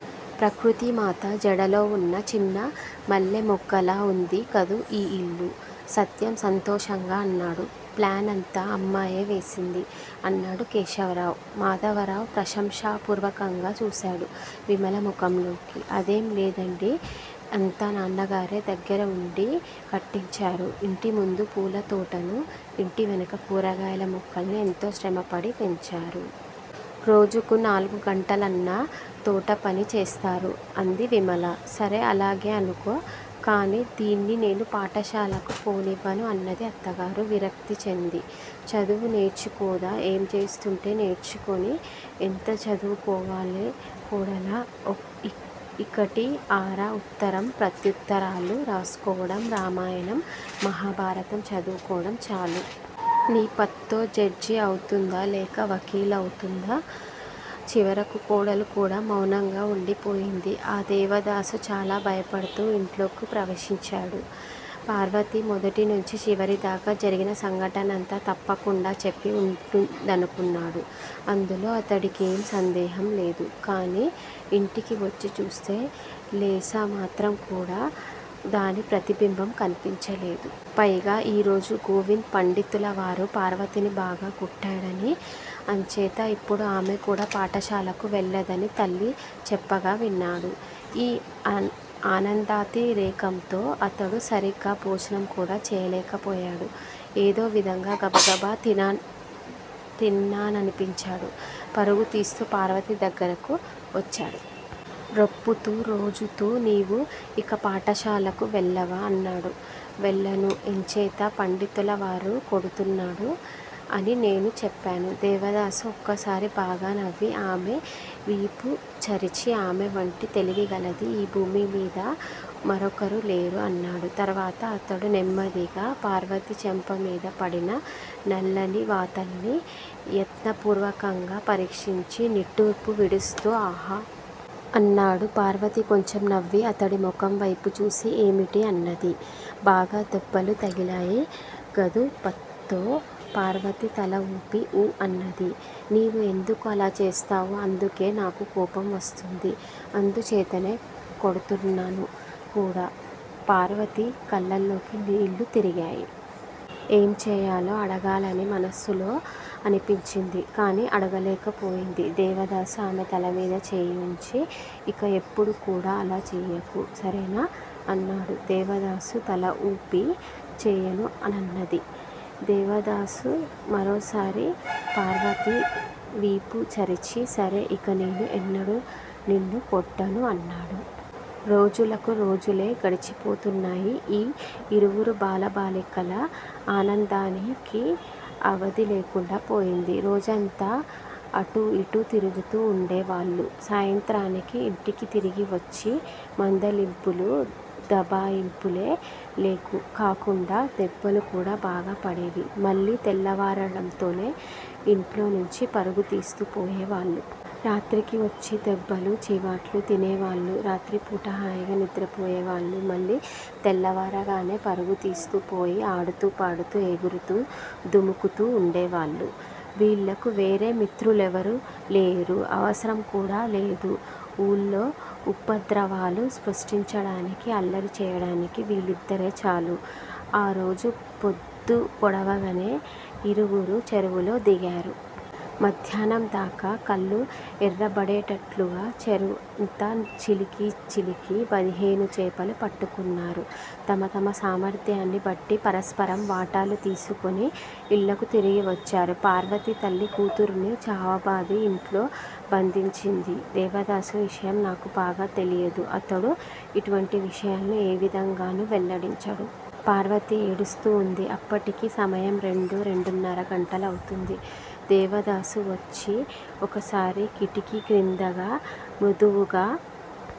ప్రకృతిమాత జడలోవున్న చిన్న మల్లెమొగ్గలా ఉంది కదూ ఈ ఇల్లు? సత్యం సంతోషంగా అన్నాడు. ప్లానంతా అమ్మాయే వేసింది! అన్నాడు కేశవరావు. మాధవరావు ప్రశంసాపూర్వకంగా చూశాడు విమల ముఖంలోకి. అదేం లేదండీ! అంతా నాన్నగారే దగ్గిరవుండి కట్టించారు. ఇంటి ముందు పూలతోటనూ, ఇంటి వెనుక కూరగాయల మొక్కల్నీ ఎంతో శ్రమపడి పెంచారు. రోజుకు నాలుగు గంటలన్నా తోటపని చేస్తారు అంది విమల. సరే అలాగే అనుకో. కాని దీన్ని నేను పాఠశాలకు పోనివ్వను అన్నది అత్తగారు విరక్తి చెంది. చదువు నేర్చుకోదా? ఏం చేస్తుందే నేర్చుకొని? ఎంత చదువుకోవాలే కోడలా? ఇకటీ అరా ఉత్తరం ప్రత్యుత్తరాలు రాసుకోవడం, రామాయణం, మహాభారతం చదువుకోవడం చాలు! నీ పత్తో జడ్జీ అవుతుందా లేక వకీలు అవుతుందా? చివరకు కోడలు కూడా మౌనంగా వుండిపోయింది. ఆ దేవదాసు చాలా భయపడుతూ ఇంట్లోకి ప్రవేశించాడు. పార్వతి మొదటి నుంచి చివరి దాకా జరిగిన సంఘటనంతా తప్పకుండా చెప్పి వుంటుందనుకున్నాడు. అందులో అతడికేమీ సందేహంలేదు. కాని ఇంటికి వచ్చిచూస్తే లేశ మాత్రం కూడా దాని ప్రతిబింబం కనిపించలేదు. పైగా ఈ రోజు గోవింద్ పండితులవారు పార్వతిని బాగా కొట్టాడనీ అంచేత ఇప్పుడు ఆమె కూడా పాఠశాలకు వెళ్ళదనీ తల్లి చెప్పగా విన్నాడు. ఈ ఆనందాతి రేకంతో అతడు సరీగా భోజనం కూడా చేయలేకపోయాడు. ఏదో విధంగా గబగబా తిన్నాననిపించాడు. పరుగుతీస్తూ పార్వతి దగ్గరకు వచ్చాడు. రొప్పుతూ, రోజుతూ నీవు ఇక పాఠశాలకు వెళ్ళవా? అన్నాడు. వెళ్ళను! ఎంచేత? పండితులవారు కొడుతున్నాడు అని నేను చెప్పాను. దేవదాసు ఒక్కసారి బాగా నవ్వి, ఆమె వీపు చరిచి ఆమె వంటి తెలివిగలది ఈ భూమిమీద మరొకరులేరు అన్నాడు. తరువాత అతడు నెమ్మదిగా పార్వతి చెంపమీద పడిన నల్లని వాతల్ని యత్నపూర్వకంగా పరీక్షించి నిట్టూర్పు విడుస్తూ ఆహా! అన్నాడు. పార్వతి కొంచెం నవ్వి అతడి ముఖం వైపు చూసి ఏమిటీ అన్నది. బాగా దెబ్బలు తగిలాయి గదూ పత్తో? పార్వతి తలవూపి ఊఁ అన్నది. నీవు యెందుకు అలా చేస్తావు? అందుకే నాకు కోపం వస్తుంది. అందుచేతనే కొడుతున్నాను కూడా. పార్వతి కళ్ళల్లోకి నీళ్ళు తిరిగాయి. ఏం చేయాలో అడగాలని మనసులో అనిపించింది. కాని అడగలేకపోయింది. దేవదాసు ఆమె తలమీద చేయి ఉంచి ఇక ఎప్పుడూ కూడా అలా చేయకు, సరేనా? అన్నాడు. దేవదాసు తలవూపి చేయను అన్నది. దేవదాసు మరోసారి పార్వతి వీపుచరిచి, సరే ఇక నేను ఎన్నడూ నిన్ను కొట్టను అన్నాడు. రోజులకు రోజులే గడిచిపోతున్నాయి. ఈ ఇరువురు బాల బాలికల ఆనందానికి అవధిలేకుండా పోయింది. రోజంతా అటూ ఇటూ తిరుగుతూ వుండేవాళ్ళు. సాయంత్రానికి ఇంటికి తిరిగి వచ్చి మందలింపులూ, దబాయింపులే కాకుండా దెబ్బలు కూడా బాగా పడేవి. మళ్ళీ తెల్లవారడంతోనే ఇంట్లో నుంచి పరుగుతీస్తూ పోయే వాళ్ళు. రాత్రికి వచ్చి దెబ్బలూ, చీవాట్లూ తినేవాళ్ళు. రాత్రిపూట హాయిగా నిద్రపోయేవాళ్ళు. మళ్ళీ తెల్లవారగానే పరుగుతీస్తూ పోయి ఆడుతూ, పాడుతూ, ఎగురుతూ, దుముకుతూ ఉండేవాళ్ళు. వీళ్ళకు వేరే మిత్రులెవరూలేరు. అవసరం కూడా లేదు. ఊళ్ళో ఉపద్రవాలు సృష్టించడానికీ, అల్లరి చేయడానికీ వీళ్ళిద్దరే చాలు. ఆ రోజు ప్రొద్దు పొడవగానే ఇరువురూ చెరువులో దిగారు. మధ్యాహ్నందాకా కళ్ళు ఎర్రబడేటట్లుగా చెరువంతా చిలికి చిలికి పదిహేను చేపలు పట్టుకున్నారు. తమ తమ సామర్ధ్యాన్ని బట్టి పరస్పరం వాటాలు తీసికొని ఇళ్ళకు తిరిగి వచ్చారు. పార్వతి తల్లి కూతురును చావబాది ఇంట్లో బంధించింది. దేవదాసు విషయం నాకు బాగా తెలియదు. అతడు ఇటువంటి విషయాలను ఏ విధంగానూ వెల్లడించడు. పార్వతి ఏడుస్తూ వుంది. అప్పటికి సమయం రెండూ, రెండున్నర గంటలవుతుంది. దేవదాసు వచ్చి ఒకసారి కిటికీ క్రిందగా మృదువుగా